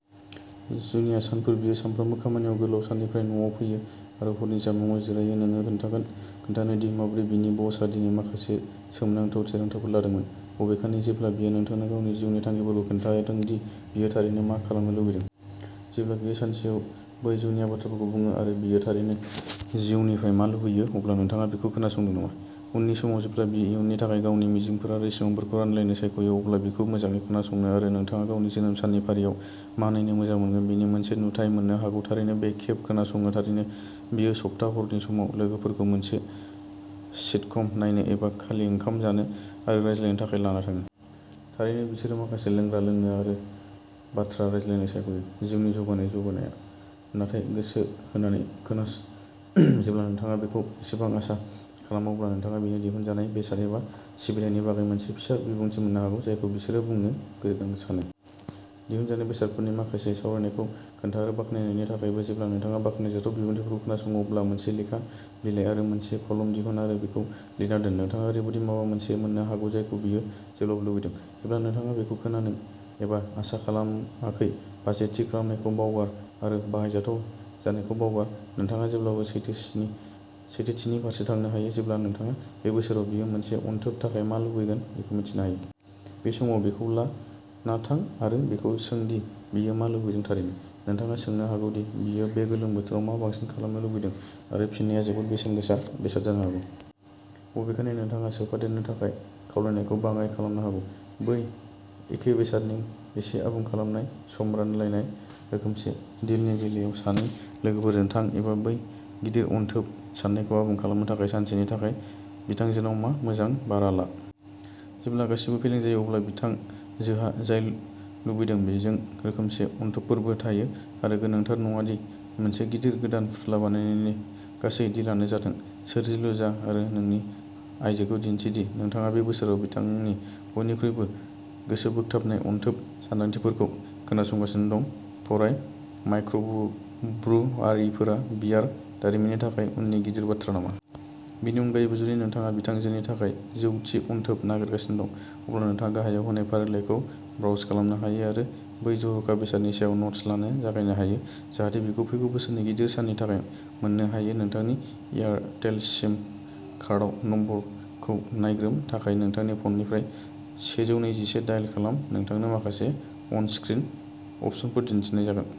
जुनिया सानफोर बियो सानफ्रोमबो खामानियाव गोलाव साननिफ्राय न'आव फैयो आरो हरनि जामुंआव जिरायो नोंनो खोन्थानो दि माबोरै बिनि बसआ दिनै माखासे सोमोनांथाव थिरांथाफोर लादोंमोन। बबेखानि, जेब्ला बियो नोंथांनो गावनि जिउनि थांखिफोरखौ खोन्थादों दि बियो थारैनो मा खालामनो लुबैदों? जेब्ला बियो सानसेआव बै जुनिया बाथ्राखौ बुङो आरो बियो थारैनो जिउनिफ्राय मा लुबैयो, अब्ला नोंथाङा बिखौ खोनासंदों नामा? उननि समाव जेब्ला बियो इयुननि थाखाय गावनि मिजिंफोर आरो सिमांफोरखौ रानलायनो सायख'यो, अब्ला बिखौ मोजाङै खोनासङो आरो नोंथाङा गावनि जोनोम साननि फारियाव मा नायनो मोजां मोनगोन बेनि मोनसे नुथाइ मोननो हागौ थारैनो बे खेब खोनासङो थारैनो, बियो सप्ता हरनि समाव लोगोफोरखौ मोनसे सिटकम नायनो एबा खालि ओंखाम जानो आरो रायज्लायनो थाखाय लाना थाङो। थारैनो, बिसोरो माखासे लोंग्रा लोंनो आरो बाथ्रा रायज्लायनो सायख'यो। जिउनि जौगानाया-जौगानाया। नाथाय गोसो होनानै खोनास, जेब्ला नोंथाङा बेखौ एसेबो आसा खालामा, अब्ला नोंथाङा मोनसे दिहुनजानाय बेसाद एबा सिबिथायनि बागै मोनसे फिसा बिबुंथि मोननो हागौ, जायखौ बिसोरो बुंनो गोनां सानो। दिहुनजानाय बेसादफोरनि माखासे सावरायनायखौ खोनथा आरो बाख्नायनायनि थाखायबो। जेब्ला नोंथाङा बाख्नायजाथाव बिबुंथिफोरखौ खोनासङो, अब्ला मोनसे लेखा बिलाइ आरो मोनसे कलम दिहुन आरो बेखौ लिरना दोन नोंथाङा ओरैबायदि माबा मोनसे मोननो हागौ जायखौ बियो जेब्लाबो लुबैदों, जेब्ला नोंथाङा बेखौ खोनानो एसेबो आसा खालामाखै बाजेट थि खालामनायखौ बावगार आरो बाहायजाथाव जानायखौ बावगार नोंथाङा जेब्लाबो सैथोथिनि फारसे थांनो हायो जेब्ला नोंथाङा बे बोसोराव बियो मोनसे अनथोबनि थाखाय मा लुबैगोन बेखौ मिथिनो हायो। बे समाव, बेखौ लाना थां आरो बिखौ सों दि बियो मा लुबैदों थारैनो, नोंथाङा सोंनो हागौ दि बियो बे गोलोम बोथोराव मा बांसिन खालामनो लुबैदों आरो फिननाया जोबोद बेसेन गोसा बेसाद जानो हागौ। बबेखानि, नोंथाङा सोफादेरनो थाखाय खावलायनायखौ बाङाय खालामनो हागौ। बै एखे बेसादनि एसे आबुं खालामनाय, सम रानलायनाय रोखोमनि डिलनि बेलायाव सानै लोगोफोरजों थां एबा बै गिदिर अनथोब साननायखौ आबुं खालामनो थाखाय सानसेनि थाखाय बिथांजोनाव माबा मोजां भारा ला। जेब्ला गासिबो फेलें जायो, अब्ला बिथांजोहा जाय लुबैदों बेजों रोखोमसे अनथोबफोरबो थायो आरो गोनांथार नङा दि मोनसे गिदिर गोदान फुथुला बायनायनि गासै डिलानो जाथों सोरजिलु जा आरो नोंनि आइजोखौ दिन्थि दि नोंथाङा बे बोसोराव बिथांनि बयनिख्रुइबो गोसोबोगथाबनाय अनथोब सानदांथिफोरखौ खोनागासिनो दं फराय माइक्रब्रुवारिफोरा बियार दारिमिननि थाखाय उननि गिदिर बाथ्रा नामा? बेनि अनगायैबो, जुदि नोंथाङा बिथांजोनि थाखाय जौ थि अनथोब नागिरगासिनो दं, अब्ला नोंथाङा गाहायाव होनाय फारिलाइखौ ब्राउज खालामनो हायो आरो बै जर'खा बेसादनि सायाव न'ट्स लानो जागायनो हायो जाहाथे बिखौ फैगौ बोसोरनि गिदिर साननि थाखाय मोननो हायो नोंथांनि एयारटेल सिम कार्डआव नम्बरखौ नायग्रोमनो थाखाय, नोंथांनि फ'ननिफ्राय सेजौनैजिसे दायेल खालाम, नोंथांनो माखासे अन स्क्रिन अपशनफोर दिन्थिनाय जागोन।